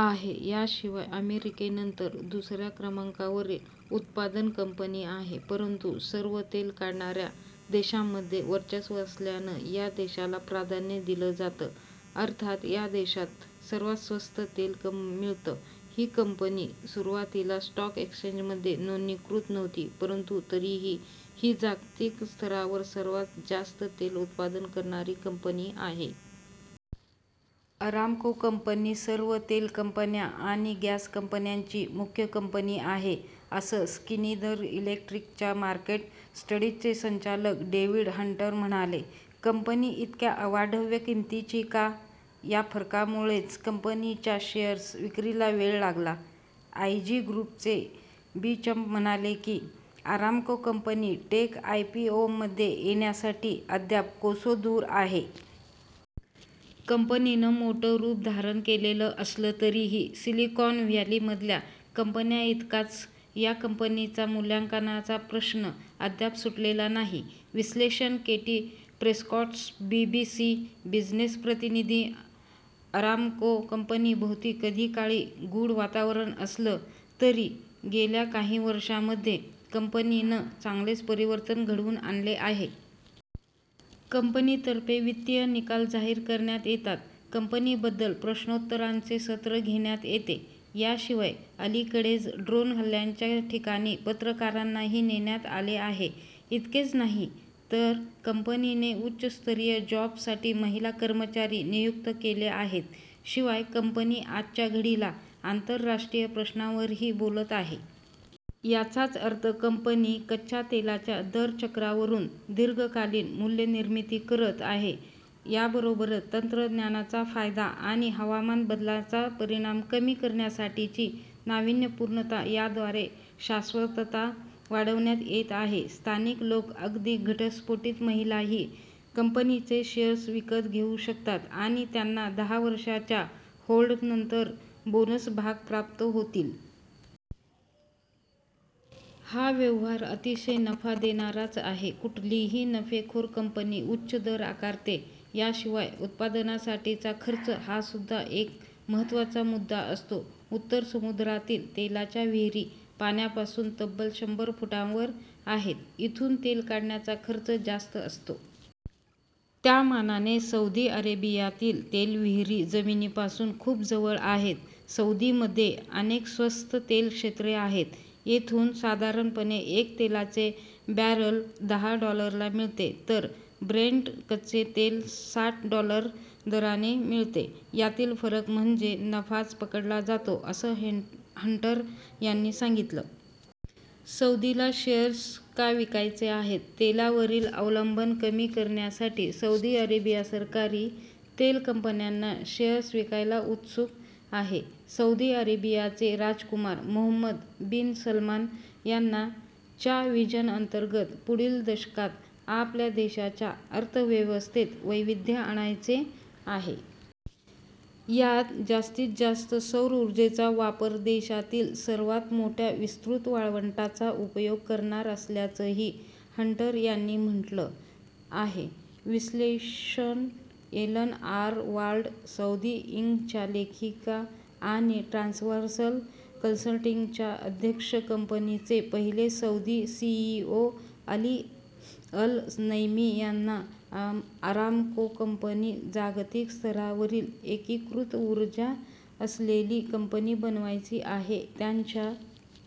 आहे. याशिवाय अमेरिकेनंतर दुसऱ्या क्रमांकावरील उत्पादन कंपनी आहे. परंतु सर्व तेल काढणाऱ्या देशांमध्ये वर्चस्व असल्यानं या देशाला प्राधान्य दिलं जातं, अर्थात या देशात सर्वांत स्वस्त तेल मिळतं. ही कंपनी सुरुवातीला स्टॉक एक्सेंजमध्ये नोंदणीकृत नव्हती परंतु तरीही ही जागतिक स्तरावर सर्वात जास्त तेल उत्पादन करणारी कंपनी आहे. अरामको कंपनी सर्व तेल कंपन्या आणि गॅस कंपन्यांची मुख्य कंपनी आहे. असं स्कनिदर इलेक्ट्रिकच्या मार्केट स्टडीजचे संचालक डेव्हिड हंटर म्हणाले. कंपनी इतक्या अवाढव्य किंमतीची का? या फरकामुळेच कंपनीच्या शेअर्स विक्रीला वेळ लागला. आयजी ग्रूपचे बीचंप म्हणाले की, अरामको कंपनी टेक आयपीओमध्ये येण्यासाठी अद्याप कोसो दूर आहे. कंपनीनं मोठं रूप धारण केलेलं असलं तरीही सिलिकॉन व्हॅलीमधल्या कंपन्यांइतकाच या कंपनीचा मूल्यांकनाचा प्रश्न अद्याप सुटलेला नाही. विश्लेषण केटी प्रेस्कॉटस, बीबीसी बिझनेस प्रतिनिधी. अरामको कंपनीभोवती कधीकाळी गूढ वातावरण असलं, तरी गेल्या काही वर्षांमध्ये कंपनीनं चांगलेच परिवर्तन घडवून आणले आहे. कंपनीतर्फे वित्तीय निकाल जाहीर करण्यात येतात, कंपनीबद्दल प्रश्नोत्तरांचे सत्र घेण्यात येते. याशिवाय अलीकडेच ड्रोन हल्ल्यांच्या ठिकाणी पत्रकारांनाही नेण्यात आले आहे. इतकेच नाही, तर कंपनीने उच्च स्तरीय जॉबसाठी महिला कर्मचारी नियुक्त केले आहेत. शिवाय कंपनी आजच्या घडीला आंतरराष्ट्रीय प्रश्नांवरही बोलत आहे. याचाच अर्थ कंपनी कच्च्या तेलाच्या दरचक्रावरून दीर्घकालीन मूल्यनिर्मिती' करत आहे. याबरोबरच तंत्रज्ञानाचा फायदा आणि हवामान बदलाचा परिणाम कमी करण्यासाठीची नावीन्यपूर्णता याद्वारे शाश्वतता वाढवण्यात येत आहे. स्थानिक लोक अगदी घटस्फोटित महिलाही कंपनीचे शेअर्स विकत घेऊ शकतात आणि त्यांना दहा वर्षांच्या होल्डनंतर बोनस भाग प्राप्त होतील. हा व्यवहार अतिशय नफा देणाराच आहे. कुठलीही नफेखोर कंपनी उच्च दर आकारते. याशिवाय उत्पादनासाठीचा खर्च हासुद्धा एक महत्त्वाचा मुद्दा असतो. उत्तर समुद्रातील तेलाच्या विहिरी पाण्यापासून तब्बल शंभर फुटांवर आहेत. इथून तेल काढण्याचा खर्च जास्त असतो. त्यामानाने सौदी अरेबियातील तेल विहिरी जमिनीपासून खूप जवळ आहेत. सौदीमध्ये अनेक स्वस्त तेलक्षेत्रे आहेत. येथून साधारणपणे एक तेलाचे बॅरल दहा डॉलरला मिळते. तर ब्रेंट कच्चे तेल साठ डॉलर्स दराने मिळते. यातील फरक म्हणजे नफाच पकडला जातो, असं हंटर यांनी सांगितलं. सौदीला शेअर्स का विकायचे आहेत? तेलावरील अवलंबन कमी करण्यासाठी सौदी अरेबिया सरकारी तेल कंपन्यांना शेअर्स विकायला उत्सुक आहे. सौदी अरेबियाचे राजकुमार मोहम्मद बिन सलमान यांना च्या व्हिजनअंतर्गत पुढील दशकात आपल्या देशाच्या अर्थव्यवस्थेत वैविध्य आणायचे आहे. यात जास्तीत जास्त सौर ऊर्जेचा वापर, देशातील सर्वांत मोठ्या विस्तृत वाळवंटाचा उपयोग करणार असल्याचंही, हंटर यांनी म्हटलं आहे. विश्लेषण एलन आर वाल्ड, सौदी इंकच्या लेखिका आणि ट्रान्सव्हर्सल कन्सल्टिंगच्या अध्यक्ष. कंपनीचे पहिले Saudi CEO Ali Al Naimi यांना अरामको कंपनी जागतिक स्तरावरील एकीकृत ऊर्जा असलेली कंपनी बनवायची आहे. त्यांच्या